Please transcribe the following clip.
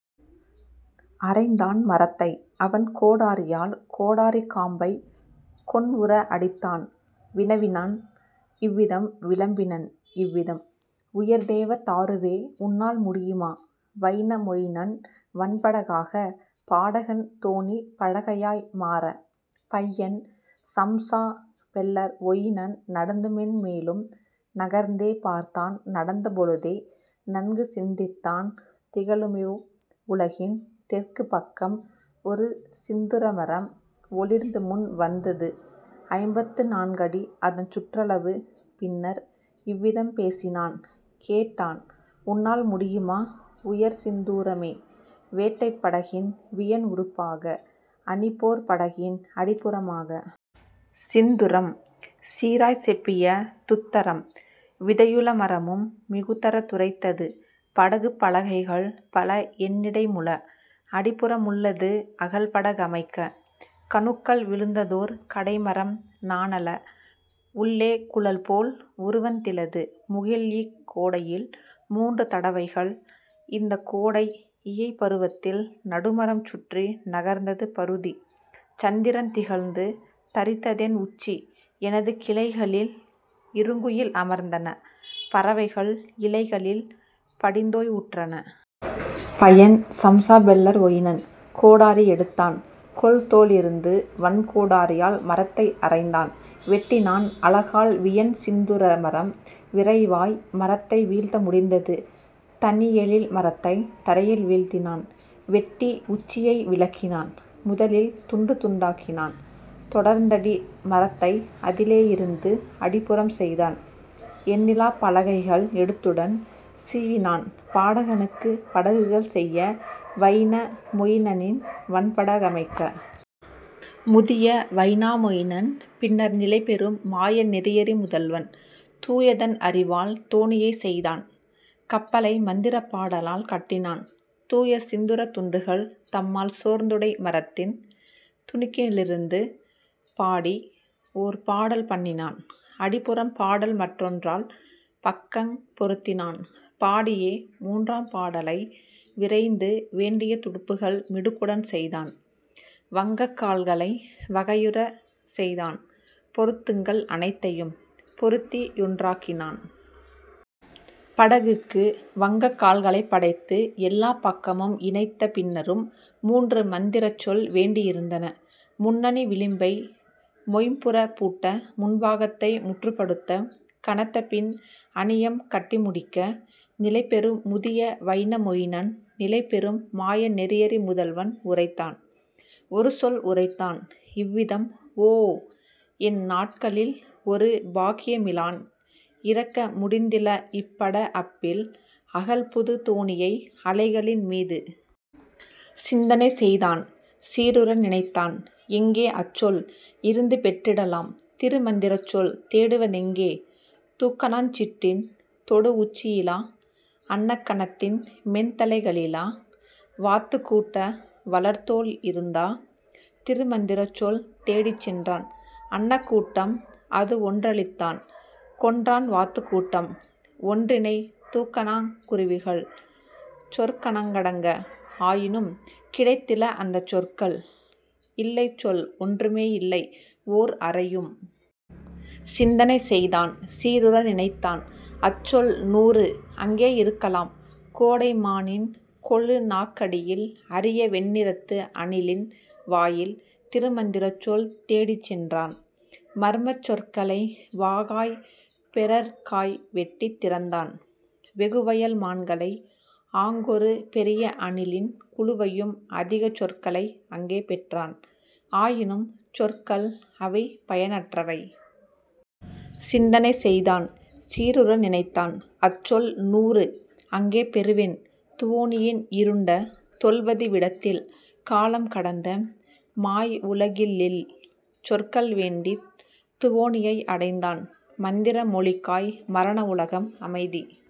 அறைந்தான் மரத்தை அவன்கோடரியால் கோடரிக் காம்பைக் கொண்உரத் அடித்தான் வினவினன் இவ்விதம் விளம்பினன் இவ்விதம் உயர்தேவ தாருவே உன்னால் முடியுமா வைனா மொயினன் வன்பட காக பாடகன் தோணிப் பலகையாய் மாற? பையன் சம்ஸா பெல்லர் வொயினன் நடந்துமென் மேலும் நகர்ந்தே பார்த்தான் நடந்த பொழுதே நன்குசிந்தித்தான் திகழுமிவ் உலகின் தெற்குப் பக்கம் ஒருசிந்துரமரம் ஒளிர்ந்துமுன் வந்தது ஐம்பத்து நான்கடி அதன்சுற்றளவு பின்னர் இவ்விதம் பேசினான் கேட்டான் உன்னால் முடியுமா உயர்சிந்தூரமே வேட்டைப் படகின் வியன்உறுப்பாக அணிபோர்ப் படகின் அடிப்புறமாக? சிந்துரம் சீராய்ச் செப்பிய துத்தரம் விதையுள மரமும் மிகுதரத் துரைத்தது படகுப் பலகைகள் பலஎன்னிடைமுள அடிப்புற முள்ளது அகல்பட கமைக்க கணுக்கள் விழுந்ததோர் கடைமரம் நானல உள்ளே குழல்போல் உருவந் திலது முகிழ்இக் கோடையில் மூன்று தடவைகள் இந்தக் கோடை இயைபருவத்தில் நடுமரம் சுற்றி நகர்ந்தது பருதி சந்திரன் திகழ்ந்து தரித்ததென் உச்சி எனது கிளைகளில் இருங்குயில் அமர்ந்தன பறவைகள் இலைகளில் படிந்தோய்வுற்றன. பையன் சம்ஸா பெல்லர் வொயினன் கோடரி எடுத்தான் கொள்தோளிருந்து வன்கோடரியால் மரத்தை அறைந்தான் வெட்டினான் அலகால் வியன்சிந்துரமரம் விரைவாய் மரத்தை வீழ்த்த முடிந்தது தனியெழில் மரத்தைத் தரையில் வீழ்த்தினான். வெட்டி உச்சியை விலக்கினான் முதலில் துண்டுதுண்டாக்கினான் தொடர்ந்தடி மரத்தை அதிலே யிருந்து அடிப்புறம் செய்தான் எண்ணிலாப் பலகைகள் எடுத்துடன் சீவினான் பாடகனுக்குப் படகுகள் செய்ய வைனா மொயினனின் வன்பட கமைக்க. முதிய வைனா மொயினன் பின்னர் நிலைபெறும் மாய நெறியறி முதல்வன் தூயதன் அறிவால் தோணியைச் செய்தான் கப்பலை மந்திரப் பாடலால் கட்டினான் தூயசிந்துரத் துண்டுகள் தம்மால் சோர்ந்துடை மரத்தின் துணுக்கினிலிருந்து. பாடிஓர் பாடல் பண்ணினான் அடிப்புறம் பாடல்மற் றொன்றால் பக்கங் பொருத்தினான் பாடியே மூன்றாம் பாடலை விரைந்து வேண்டிய துடுப்புகள் மிடுக்குடன் செய்தான் வங்கக் கால்களை வகையுறச் செய்தான் பொருத்துகள் அனைத்தையும் பொருத்தியொன்றாக்கினான். படகுக்கு வங்கக் கால்களைப் படைத்து எல்லாப் பக்கமும் இணைத்த பின்னரும் மூன்றுமந்திரச்சொல் வேண்டியிருந்தன முன்னணி விளிம்பை மொய்ம்புறப் பூட்ட முன்பாகத்தை முற்றுப்படுத்த கனத்தபின் அணியம் கட்டி முடிக்க. நிலைபெறும் முதிய வைனா மொயினன் நிலைபெறும் மாய நெறியறி முதல்வன் உரைத்தான் ஒருசொல் உரைத்தான் இவ்விதம் ஓ என் நாட்களில் ஒருபாக்கியமிலான் இறக்க முடிந்தில இப்பட அப்பில் அகல்புதுத் தோணியை அலைகளின் மீது. சிந்தனை செய்தான் சீருற நினைத்தான் எங்கே அச்சொல் இருந்துபெற்றிடலாம் திருமந்திரச்சொல் தேடுவதெங்கே தூக்கணஞ் சிட்டின் தொடுஉச்சியிலா அன்னக் கணத்தின் மென்தலை களிலா வாத்துக் கூட்ட வளர்தோள் இருந்தா? திருமந்திரச்சொல் தேடிச் சென்றான் அன்னக் கூட்டம் அதுவொன்றழித்தான் கொன்றான் வாத்துக் கூட்டம் ஒன்றினை தூக்கணங் குருவிகள் சொற்கணக்கடங்கா ஆயினும் கிடைத்தில அந்தச் சொற்கள் இல்லைசொல் ஒன்றுமே இல்லைஓர் அரையும். சிந்தனை செய்தான் சீருற நினைத்தான் அச்சொல் நூறு அங்கே இருக்கலாம் கோடை மானின் கொழுநாக்கடியில் அரியவெண்ணிறத்து அணிலின் வாயில். திருமந்திரச்சொல் தேடிச் சென்றான் மர்மச் சொற்களை வாகாய்ப் பெறற்காய் வெட்டித் திறந்தான் வெகுவயல் மான்களை ஆங்கொரு பெரிய அணிலின் குழுவையும் அதிக சொற்களை அங்கே பெற்றான் ஆயினும் சொற்கள் அவைபயனற்றவை. சிந்தனை செய்தான் சீருற நினைத்தான் அச்சொல் நூறு அங்கே பெறுவேன் துவோனியின் இருண்ட தொல்வதி விடத்தில் காலம்கடந்த மாய்வுலகில்லில். சொற்கள் வேண்டித் துவோனியை அடைந்தான் மந்திர மொழிக்காய் மரண உலகம் அமைதி